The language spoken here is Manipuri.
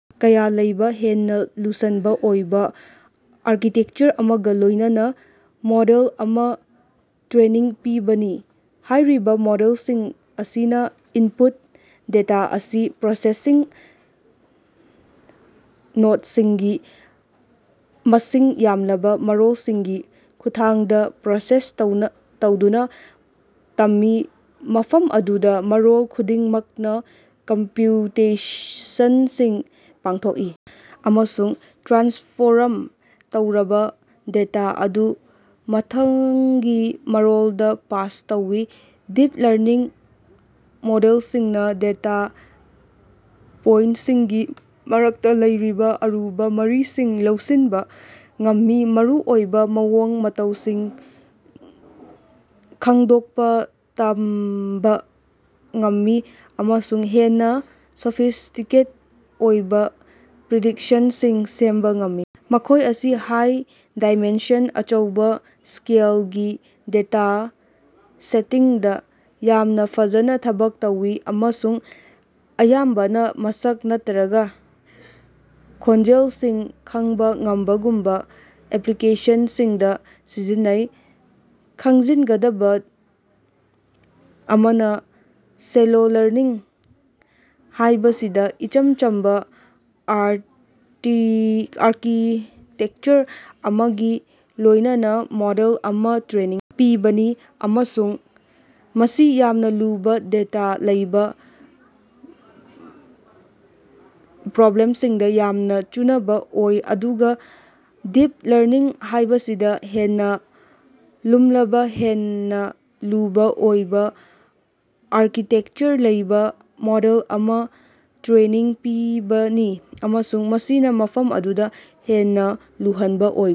ꯀꯌꯥ ꯂꯩꯕ ꯍꯦꯟꯅꯥ ꯂꯨꯁꯟꯕ ꯑꯣꯏꯕ ꯑꯥꯔꯀꯤꯇꯦꯛꯆꯔ ꯑꯃꯒ ꯂꯣꯢꯅꯅꯥ ꯃꯣꯗꯦꯜ ꯑꯃ ꯇ꯭ꯔꯦꯅꯤꯡ ꯄꯤꯕꯅꯤ꯫ ꯍꯥꯢꯔꯤꯕ ꯃꯣꯗꯦꯜꯁꯤꯡ ꯑꯁꯤꯅ ꯏꯟꯄꯨꯠ ꯗꯦꯇꯥ ꯑꯁꯤ ꯄ꯭ꯔꯣꯁꯦꯁꯁꯤꯡ ꯅꯣꯗꯁꯤꯡꯒꯤ ꯃꯁꯤꯡ ꯌꯥꯝꯂꯕ ꯃꯔꯣꯜꯁꯤꯡꯒꯤ ꯈꯨꯠꯊꯥꯡꯗ ꯄ꯭ꯔꯣꯁꯦꯁ ꯇꯧꯅ ꯇꯧꯗꯨꯅꯥ ꯇꯝꯃꯤ ꯃꯐꯝ ꯑꯗꯨꯗ ꯃꯔꯣꯜ ꯈꯨꯗꯤꯡꯃꯛꯅ ꯀꯝꯄ꯭ꯌꯨꯇꯦꯁꯟꯁꯤꯡ ꯄꯥꯡꯊꯣꯛꯏ ꯑꯃꯁꯨꯡ ꯇ꯭ꯔꯥꯟꯁꯐꯣꯔꯝ ꯇꯧꯔꯕꯥ ꯗꯦꯇꯥ ꯑꯗꯨ ꯃꯊꯪꯒꯤ ꯃꯔꯣꯜꯗ ꯄꯥꯁ ꯇꯧꯏ꯫ ꯗꯤꯞ ꯂꯔꯅꯤꯡ ꯃꯣꯗꯦꯜꯁꯤꯡꯅ ꯗꯦꯇꯥ ꯄꯣꯏꯟꯇꯁꯤꯡꯒꯤ ꯃꯔꯛꯇ ꯂꯩꯔꯤꯕ ꯑꯔꯨꯕ ꯃꯔꯤꯁꯤꯡ ꯂꯧꯁꯤꯟꯕ ꯉꯝꯃꯤ ꯃꯔꯨꯑꯣꯏꯕ ꯃꯑꯣꯡ ꯃꯇꯧꯁꯤꯡ ꯈꯡꯗꯣꯛꯄ ꯇꯝꯕꯥ ꯉꯝꯃꯤ ꯑꯃꯁꯨꯡ ꯍꯦꯟꯅ ꯁꯣꯐꯤꯁꯇꯤꯀꯦꯠ ꯑꯣꯏꯕ ꯄ꯭ꯔꯤꯗꯤꯛꯁꯟꯁꯤꯡ ꯁꯦꯝꯕ ꯉꯝꯃꯤ꯫ ꯃꯈꯣꯢ ꯑꯁꯤ ꯍꯥꯏ-ꯗꯥꯏꯃꯦꯟꯁꯟ, ꯑꯆꯧꯕꯥ ꯁ꯭ꯀꯦꯂꯒꯤ ꯗꯦꯇꯥ ꯁꯦꯠꯇꯤꯡꯗ ꯌꯥꯝꯅ ꯐꯖꯅ ꯊꯕꯛ ꯇꯧꯏ ꯑꯃꯁꯨꯡ ꯑꯌꯥꯝꯕꯅ ꯃꯁꯛ ꯅꯠꯇ꯭ꯔꯒ ꯈꯣꯟꯖꯦꯜꯁꯤꯡ ꯈꯪꯕ ꯉꯝꯕꯒꯨꯝꯕ ꯑꯦꯄ꯭ꯂꯤꯀꯦꯁꯟꯁꯤꯡꯗ ꯁꯤꯖꯤꯟꯅꯩ꯫ ꯈꯪꯖꯤꯟꯒꯗꯕ ꯑꯃꯅ ꯁꯦꯂꯣ ꯂꯔꯅꯤꯡ ꯍꯥꯢꯕꯁꯤꯗ ꯏꯆꯝ ꯆꯝꯕ ꯑꯥꯔꯇꯤ ꯑꯥꯔꯀꯤꯇꯦꯛꯆꯔ ꯑꯃꯒꯤ ꯂꯣꯢꯅꯅ ꯃꯣꯗꯦꯜ ꯑꯃ ꯇ꯭ꯔꯦꯅꯤꯡ ꯄꯤꯕꯅꯤ ꯑꯃꯁꯨꯡ ꯃꯁꯤ ꯌꯥꯝꯅ ꯂꯨꯕ ꯗꯦꯇꯥ ꯂꯩꯕ ꯄ꯭ꯔꯣꯕ꯭ꯂꯦꯝꯁꯤꯡꯗ ꯌꯥꯝꯅ ꯆꯨꯅꯕ ꯑꯣꯏ ꯑꯗꯨꯒ ꯗꯤꯞ ꯂꯔꯅꯤꯡ ꯍꯥꯢꯕꯁꯤꯗ ꯍꯦꯟꯅ ꯂꯨꯝꯂꯕ ꯍꯦꯟꯅ ꯂꯨꯕ ꯑꯣꯏꯕꯥ ꯑꯥꯔꯀꯤꯇꯦꯛꯆꯔ ꯂꯩꯕꯥ ꯃꯣꯗꯦꯜ ꯑꯃ ꯇ꯭ꯔꯦꯅꯤꯡ ꯄꯤꯕꯅꯤ ꯑꯃꯁꯨꯡ ꯃꯁꯤꯅ ꯃꯐꯝ ꯑꯗꯨꯗ ꯍꯦꯟꯅ ꯂꯨꯍꯟꯕ ꯑꯣꯏꯕ